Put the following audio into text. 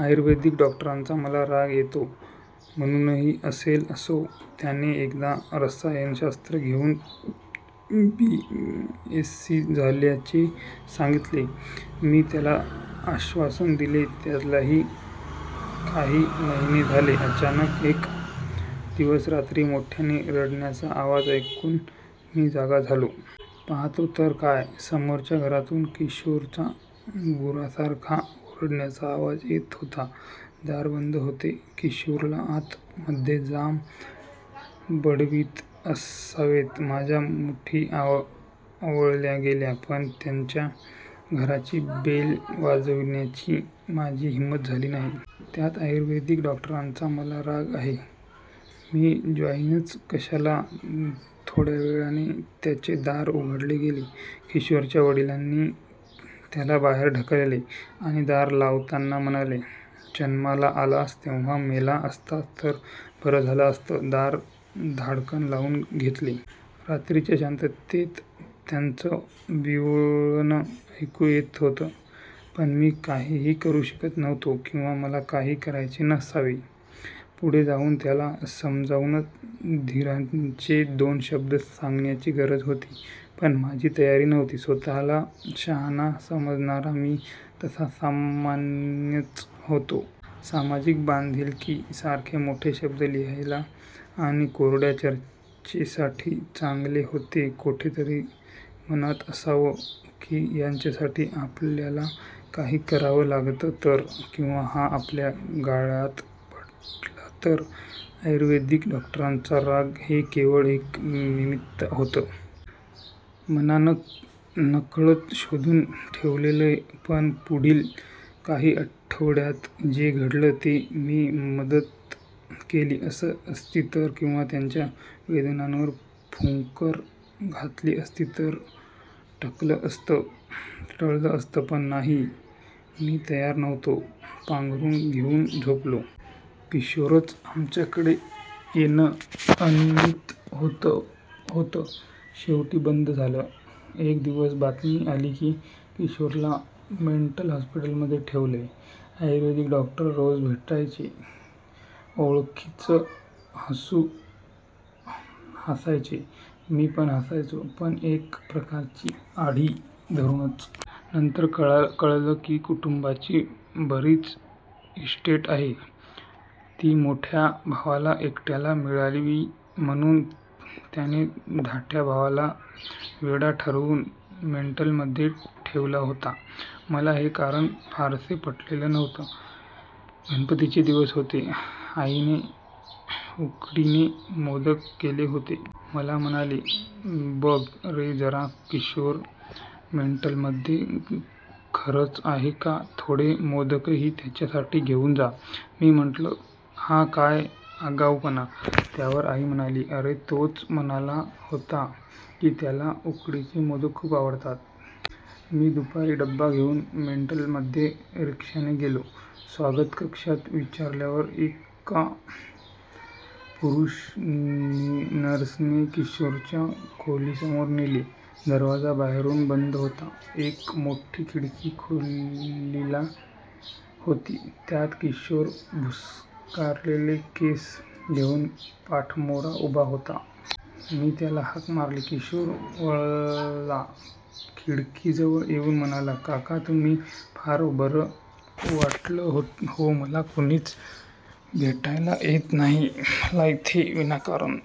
आयुर्वेदिक डॉक्टरांचा मला राग येतो म्हणूनही असेल. असो. त्याने एकदा रसायनशास्त्र घेऊन बी. एससी. झाल्याचे सांगितले. मी त्याला आश्वासन दिले त्यालाही काही महिने झाले. अचानक एक दिवस रात्री मोठयाने रडण्याचा आवाज ऐकून मी जागा झालो. पाहातो तर काय, समोरच्या घरातून किशोरचा गुरासारखा ओरडण्याचा आवाज येत होता. दार बंद होते. किशोरला आत मध्ये जाम बडवीत असावेत. माझ्या मुठी आवळल्या गेल्या. पण त्यांच्या घराची बेल वाजवण्याची माझी हिंमत झाली नाही. त्यात आयुर्वेदिक डॉक्टरांचा मला राग आहे. मी जाईनच कशाला. थोड्यावेळाने त्याचे दार उघडले गेले. किशोरच्या वडिलांनी त्याला बाहेर ढकलले आणि दार लावताना म्हणाले. "जन्माला आलास तेव्हाच मेला असतास तर बरं झालं असतं. दार धाडकन लावून घेतले. रात्रीच्या शांततेत त्याचं विव्हळणं ऐकू येत होतं. पण मी काहीही करू शकत नव्हतो किंवा मला काही करायचे नसावे. पुढे जाऊन त्याला समजाऊन धीराचे दोन शब्द सांगण्याची गरज होती. पण माझी तयारी नव्हती. स्वतःला शहाणा समजणारा मी तसा सामान्यच होतो. सामाजिक बांधिलकी सारखे मोठे शब्द लिहायला आणि कोरड्या चर्चेसाठी चांगले होते. कोठेतरी मनात असावं की याच्यासाठी आपल्याला काही करावं लागलं तर? किंवा हा आपल्या गळ्यात पडला तर? आयुर्वेदिक डॉक्टरांचा राग हे केवळ एक निमित्त होतं. मनानं नकळत शोधून ठेवलेलं. पण पुढिल काही आठवड्यांत जे घडलं ते मी मदत केली असती तर किंवा त्याच्या वेदनांवर फुंकर घातली असती तरी टळलं असतं. पण नाही मी तयार नव्हतो. पांघरूण घेऊन झोपलो. किशोरचं आमच्याकडे येणं अनियमित होत होत शेवटी बंद झालं. एक दिवस बातमी आली की किशोरला मेंटल हॉस्पिटलमध्ये ठेवलय. आयुर्वेदिक डॉक्टर रोज भेटायचे. ओळखीचं हासू हासायचे, मी पण हासायचो. पण एक प्रकारची आढी धरूनच. नंतर कळलं, त्या कुटुंबाची बरीच इस्टेट आहे. ती मोठ्या भावाला एकट्याला मिळावी म्हणून त्याने धाट्या भावाला वेडा ठरवून मेंटल मध्ये ठेवला होता. मला हे कारण फारसे पटलेलं नव्हतं. गणपतीचे दिवस होते. आईने उकडीचे मोदक केले होते. मला म्हणाली, "बघ रे जरा किशोर मेंटलमध्ये खरच आहे कां थोडे मोदकही त्याच्यासाठी घेऊन जा. " मी म्हंटलं, "हा काय आगाऊपणा? त्यावर आई म्हणाली, "अरे तोच म्हणाला होता की त्याला उकडीचे मोदक खूप आवडतात. मी दुपारी डबा घेऊन मेंटल मध्ये रिक्षाने गेलो. स्वागत कक्षात विचारल्यावर एका पुरुष नर्सने किशोरच्या खोली समोर नेले. दरवाजा बाहेरून बंद होता. एक मोठी खिडकी खोलीला होती. त्यात किशोर भुस्कारलेले केस घेऊन पाठमोरा उभा होता. मी त्याला हाक मारली. किशोर वळला. खिडकी जवळ येऊन म्हणाला, "काका, तुम्ही? " फार बरं वाटलं हो. मला कोणीच भेटायला येत नाही. मला इथे विनाकारण